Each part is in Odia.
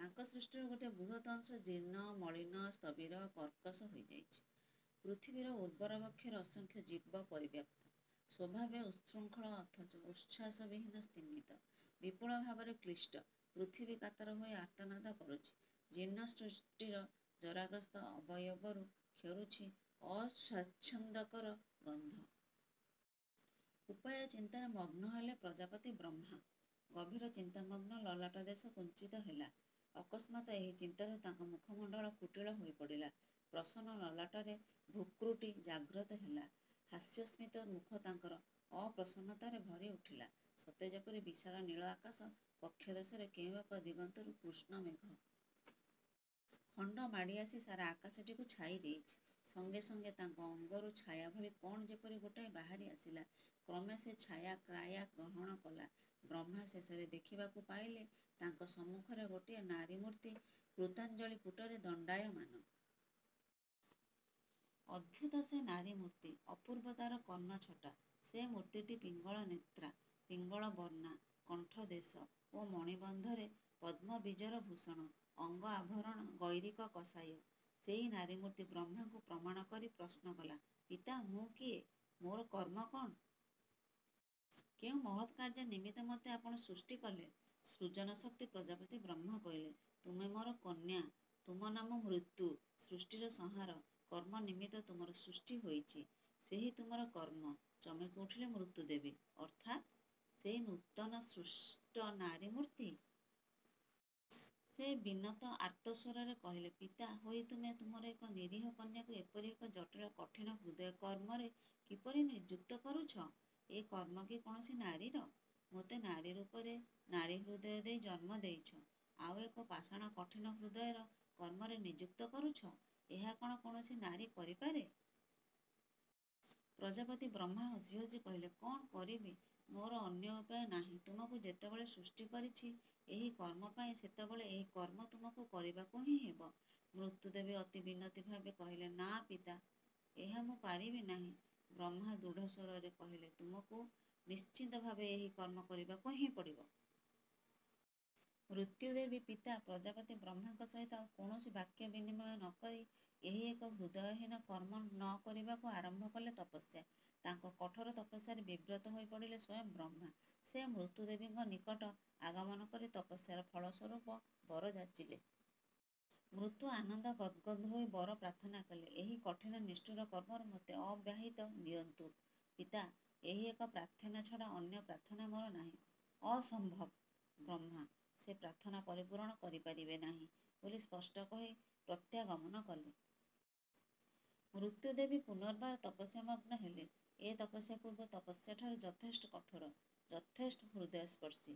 ତାଙ୍କ ସୃଷ୍ଟିର ଗୋଟିଏ ବୃହତ ଅଂଶ ଜୀର୍ଣ୍ଣ, ମଳିନ, ସ୍ଥବିର, କର୍କଶ ହୋଇଯାଇଛି। ପୃଥିବୀର ଉବର୍ର ବକ୍ଷରେ ଅସଂଖ୍ୟ ଜୀବ ପରିବ୍ୟାପ୍ତ। ସ୍ୱଭାବେ ଉଚ୍ଛୃଙ୍ଖଳ ଅଥଚ ଉଚ୍ଛ୍ୱାସ ବିହୀନ—ସ୍ତିମିତ। ବିପୁଳଭାବରେ କ୍ଳୀଷ୍ଟ ପୃଥିବୀ କାତର ହୋଇ ଆର୍ତ୍ତନାଦ କରୁଛି। ଜୀର୍ଣ୍ଣ ସୃଷ୍ଟିର ଜରାଗ୍ରସ୍ତ ଅବୟବରୁ କ୍ଷରୁଛି ଅସ୍ୱାଚ୍ଛନ୍ଦ୍ୟକର ଗନ୍ଧ। ଉପାୟ ଚିନ୍ତାରେ ମଗ୍ନ ହେଲେ ପ୍ରଜାପତି ବ୍ରହ୍ମା। ଗଭୀର ଚିନ୍ତାମଗ୍ନ ଲଲାଟ ଦେଶ କୁଞ୍ଚିତ ହେଲା। ଅକସ୍ମାତ ଏହି ଚିନ୍ତାରୁ ତାଙ୍କ ମୁଖମଣ୍ଡଳ କୁଟିଳ ହୋଇ ପଡ଼ିଲା। ପ୍ରସନ୍ନ ଲଲାଟରେ ଭୃକୁଟି ଜାଗ୍ରତ ହେଲା। ହାସ୍ୟସ୍ମିତ ମୁଖ ତାଙ୍କର ଅପ୍ରସନ୍ନତାରେ ଭରି ଉଠିଲା। ସତେ ଯେପରି ବିଶାଳ ନୀଳ ଆକାଶ ବକ୍ଷଦେଶର କେଉଁ ଏକ ଦିଗନ୍ତରୁ କୃଷ୍ଣ ମେଘ। ଖଣ୍ଡ ମାଡ଼ି ଆସି ସାରା ଆକାଶଟିକୁ ଛାଇ ଦେଇଛି। ସଙ୍ଗେ ସଙ୍ଗେ ତାଙ୍କ ଅଙ୍ଗରୁ ଛାୟାଭଳି କ'ଣ ଯେପରି ଗୋଟାଏ ବାହାରି ଆସିଲା, କ୍ରମେ ସେ ଛାୟା କାୟା ଗ୍ରହଣ କଲା—ବ୍ରହ୍ମା ଶେଷରେ ଦେଖିବାକୁ ପାଇଲେ ତାଙ୍କ ସମ୍ମୁଖରେ ଗୋଟିଏ ନାରୀମୂର୍ତ୍ତି କୃତାଞ୍ଜଳି ପୁଟରେ ଦଣ୍ଡାୟମାନ। ଅଦ୍ଭୁତ ସେ ନାରୀ ମୂର୍ତ୍ତି। ଅପୂର୍ବ ତାର କର୍ଣ୍ଣଛଟା। ସେ ମୂର୍ତ୍ତିଟି ପିଙ୍ଗଳନେତ୍ରା, ପିଙ୍ଗଳ ବର୍ଣ୍ଣା, କଣ୍ଠଦେଶ ଓ ମଣିବନ୍ଧରେ ପଦ୍ମବୀଜର ଭୂଷଣ, ଅଙ୍ଗ ଆଭରଣ ଗୈରିକ କଷାୟ। ସେହି ନାରୀ ମୂର୍ତ୍ତି ବ୍ରହ୍ମାଙ୍କୁ ପ୍ରଣାମ କରି ପ୍ରଶ୍ନକଲା—ପିତା, ମୁଁ କିଏ? ମୋର କର୍ମ କଣ? କେଉଁ ମହତ୍ କାର୍ଯ୍ୟ ନିମିତ୍ତ ମୋତେ ଆପଣ ସୃଷ୍ଟି କଲେ? ସୃଜନ ଶକ୍ତି ପ୍ରଜାପତି ବ୍ରହ୍ମା କହିଲେ—ତୁମେ ମୋର କନ୍ୟା। ତୁମ ନାମ ମୃତ୍ୟୁ। ସୃଷ୍ଟିର ସଂହାର କର୍ମ ନିମିତ୍ତ ତୁମର ସୃଷ୍ଟି ହୋଇଛି। ସେହି ତୁମର କର୍ମ। ଚମକି ଉଠିଲେ ମୃତ୍ୟୁଦେବୀ—ଅର୍ଥାତ ସେହି ନୂତନ ସୃଷ୍ଟ ନାରୀ ମୂର୍ତ୍ତି। ସେ ବିନୀତ ଆର୍ତ୍ତସ୍ୱରରେ କହିଲେ, ପିତା ହୋଇ ତୁମେ ତୁମର ଏକ ନିରୀହ କନ୍ୟାକୁ ଏପରି ଏକ ଜଟିଳ କଠିନ ହୃଦୟ-କର୍ମରେ କିପରି ନିଯୁକ୍ତ କରୁଛ? ଏ କର୍ମ କି କୌଣସି ନାରୀର? ମୋତେ ନାରୀରୂପରେ—ନାରୀ ହୃଦୟ ଦେଇ ଜନ୍ମ ଦେଇଛ—ଆଉ ଏକ ପାଷାଣ କଠିନ ହୃଦୟର କର୍ମରେ ନିଯୁକ୍ତ କରୁଛ, ଏହା କ'ଣ କୌଣସି ନାରୀ କରିପାରେ? ପ୍ରଜାପତି ବ୍ରହ୍ମା ହସି ହସି କହିଲେ—କ'ଣ କରିବି? ମୋର ଅନ୍ୟ ଉପାୟ ନାହିଁ। ତୁମକୁ ଯେତେବେଳେ ସୃଷ୍ଟି କରିଛି, ଏହି କର୍ମପାଇଁ, ସେତେବେଳେ ଏହି କର୍ମ ତୁମକୁ କରିବାକୁହିଁ ହେବ। ମୃତ୍ୟୁଦେବୀ ଅତି ବିନୀତ ଭାବେ କହିଲେ–ନା ପିତା! ଏହା ମୁଁ ପାରିବି ନାହିଁ। ବ୍ରହ୍ମା ଦୃଢ଼ ସ୍ୱରରେ କହିଲେ–ତୁମକୁ ନିଶ୍ଚିତଭାବେ ଏହି କର୍ମ କରିବାକୁ ହିଁ ପଡ଼ିବ। ମୃତ୍ୟୁଦେବୀ ପିତା ପ୍ରଜାପତି ବ୍ରହ୍ମାଙ୍କ ସହିତ ଆଉ କୌଣସି ବାକ୍ୟ ବିନିମୟ ନ କରି ଏହି ଏକ ହୃଦୟହୀନ କର୍ମ ନ କରିବାକୁ ଆରମ୍ଭ କଲେ ତପସ୍ୟା। ତାଙ୍କ କଠୋର ତପସ୍ୟାରେ ବିବ୍ରତ ହୋଇ ପଡ଼ିଲେ ସ୍ୱୟଂ ବ୍ରହ୍ମା। ସେ ମୃତ୍ୟୁଦେବୀଙ୍କ ନିକଟ ଆଗମନ କରି ତପସ୍ୟାର ଫଳ ସ୍ୱରୂପ ବର ଯାଚିଲେ। ମୃତ୍ୟୁ ଆନନ୍ଦ ଗଦ୍ ଗଦ୍ ହୋଇ ବର ପ୍ରାର୍ଥନା କଲେ—ଏହି କଠିନ ନିଷ୍ଠୁର କର୍ମରୁ ମୋତେ ଅବ୍ୟାହୀତ ଦିଅନ୍ତୁ ପିତା। ଏହି ଏକ ପ୍ରାର୍ଥନା ଛଡ଼ା ଅନ୍ୟ ପ୍ରାର୍ଥନା ମୋର ନାହିଁ। ଅସମ୍ଭବ! ବ୍ରହ୍ମା ସେ ପ୍ରାର୍ଥନା ପରିପୂରଣ କରି ପାରିବେ ନାହିଁ ବୋଲି ସ୍ପଷ୍ଟ କହି ପ୍ରତ୍ୟାଗମନ କଲେ। ମୃତ୍ୟୁଦେବୀ ପୁନର୍ବାର ତପସ୍ୟାମଗ୍ନ ହେଲେ, ଏ ତପସ୍ୟା ପୂର୍ବ ତପସ୍ୟା ଠାରୁ ଯଥେଷ୍ଟ କଠୋର, ଯଥେଷ୍ଟ ହୃଦୟସ୍ପର୍ଶୀ।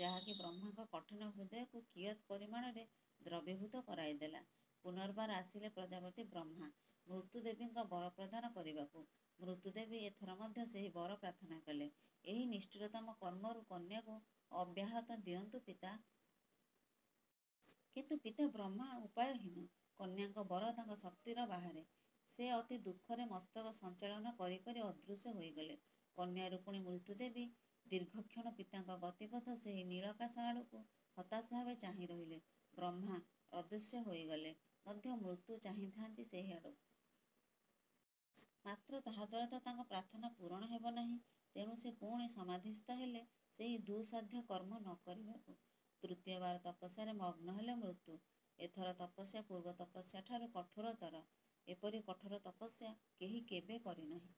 ଯାହାକି ବ୍ରହ୍ମାଙ୍କ କଠିନ ହୃଦୟକୁ କିୟତ୍ ପରିମାଣରେ ଦ୍ରବିଭୂତ କରାଇଦେଲା। ପୂନର୍ବାର ଆସିଲେ ପ୍ରଜାପତି ବ୍ରହ୍ମା ମୃତ୍ୟୁଦେବୀଙ୍କ ବରପ୍ରଦାନ କରିବାକୁ। ମୃତ୍ୟୁଦେବୀ ଏଥର ମଧ୍ୟ ସେହି ବର ପ୍ରାର୍ଥନା କଲେ—ଏହି ନିଷ୍ଠୁରତମ କର୍ମରୁ କନ୍ୟାକୁ ଅବ୍ୟାହତ ଦିଅନ୍ତୁ ପିତା! କିନ୍ତୁ ପିତା ବ୍ରହ୍ମା ଉପାୟହୀନ। କନ୍ୟାଙ୍କ ବର ତାଙ୍କ ଶକ୍ତିର ବାହାରେ। ସେ ଅତି ଦୁଃଖରେ ମସ୍ତକ ସଂଚାଳନ କରି କରି ଅଦୃଶ୍ୟ ହୋଇଗଲେ। କନ୍ୟାରୂପିଣୀ ମୃତ୍ୟୁଦେବୀ ଦୀର୍ଘକ୍ଷଣ ପିତାଙ୍କ ଗତିପଥ ସେହି ନୀଳାକାଶ ଆଡ଼କୁ ହତାଶ ଭାବେ ଚାହିଁ ରହିଲେ। ବ୍ରହ୍ମା ଅଦୃଶ୍ୟ ହୋଇଗଲେ ମଧ୍ୟ ମୃତ୍ୟୁ ଚାହିଁଥାନ୍ତି ସେହିଆଡ଼କୁ। ମାତ୍ର ତାହାଦ୍ୱାରା ତ ତାଙ୍କ ପ୍ରାର୍ଥନା ପୂରଣ ହେବ ନାହିଁ? ତେଣୁ ସେ ପୁଣି ସମାଧିସ୍ଥ ହେଲେ ସେହି ଦୁଃସାଧ୍ୟ କର୍ମ ନ କରିବାକୁ। ତୃତୀୟବାର ତପସ୍ୟାରେ ମଗ୍ନ ହେଲେ ମୃତ୍ୟୁ। ଏଥର ତପସ୍ୟା ପୂର୍ବ ତପସ୍ୟା ଠାରୁ କଠୋରତର। ଏପରି କଠୋର ତପସ୍ୟା କେହି କେବେ କରିନାହିଁ।